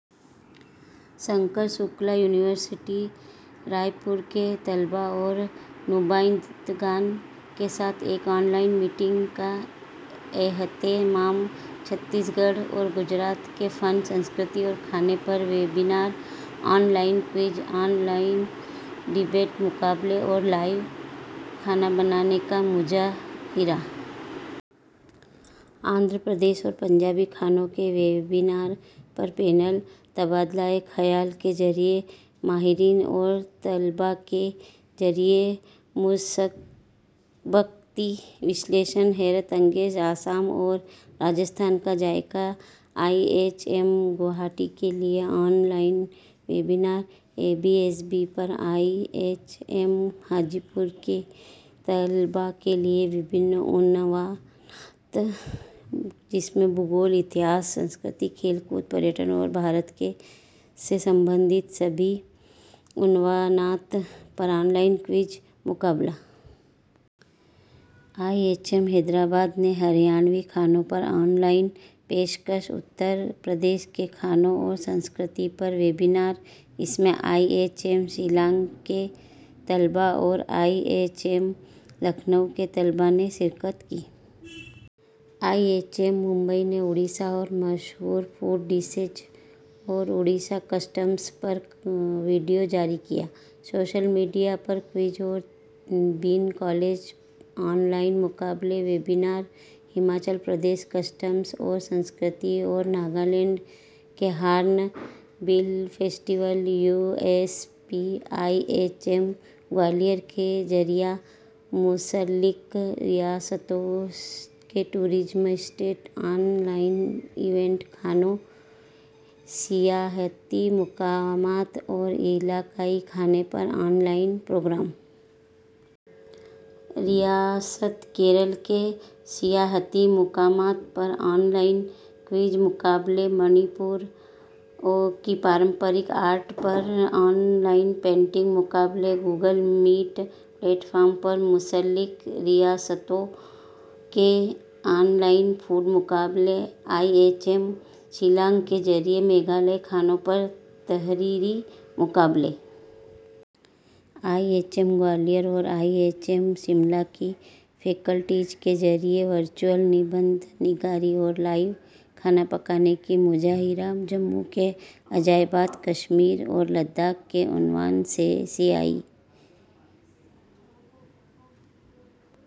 Shankar Shukla university Raipur کے طلبا اور نمائندگان کے ساتھ ایک آن لائن میٹنگ کا اہتمام، چھتیس گڑھ اور گجرات کے فن، ثقافت اور کھانے پر webinar, online quiz, online debate, مقابلے اور لائیو کھانا بنانے کا مظاہرہ۔ آندھرا پردیش اور پنجابی کھانوں کے ویبنار پر پینل تبادلہ خیال کے ذریعے ماہرین اور طلباء کے ذریعہ مسابقتی تجزیہ، حیرت انگیز آسام اور راجستھان کا ذائقہ، آئی ایچ ایم گوہاٹی کے لیے online webinar, E B S B پر I H M Hajipur کے طلباء کے لیے مختلف عنوانات جن میں جغرافیہ، تاریخ، ثقافت، کھیل کود، سیاحت اور ہندوستان سے متعلق تمام عنوانات پر آن لائن کوئز مقابلہ۔ I H M Hyderabad نے ہریانوی کھانوں پر آن لائن پیش کش، اتر پردیش کے کھانوں اور ثقافت پر ویبنار، اس میں آئی ایچ ایم شیلانگ کے طلباء اور آئی ایچ ایم لکھنؤ کے طلباء نے شرکت کی۔ آئی ایچ ایم ممبئی نے اڈیشہ کی مشہور فوڈ ڈشیز اور اڈیشہ کسٹمز پر ویڈیو جاری کیا، سوشل میڈیا پر کوئز اور بین کالج آن لائن مقابلے۔ ویبنار، ہماچل پردیش کسٹمز اور ثقافت اور ناگالینڈ کے hornbill festival U S P, I H M Gwalior کے ذریعہ منسلک ریاستوں کے tourism state online event کھانوں، سیاحتی مقامات اور علاقائی کھانے پر آن لائن پروگرام۔ ریاست کیرالہ کے سیاحتی مقامات پر آن لائن کوئز مقابلے، منی پور کی روایتی آرٹ پر آن لائن پینٹنگ مقابلے، گوگل میٹ پلیٹ فارم پر منسلک ریاستوں کے آن لائن فوڈ مقابلے، آئی ایچ ایم شیلانگ کے ذریعے میگھالیہ کھانوں پر تحریری مقابلے۔ آئی ایچ ایم گوالیار اور آئی ایچ ایم شملہ کی فیکلٹیز کے ذریعے ورچوئل مضمون نگاری اور لائیو کھانے پکانے کا مظاہرہ۔ جموں کے عجائبات، کشمیر اور لداخ کے عنوان سے سی آئی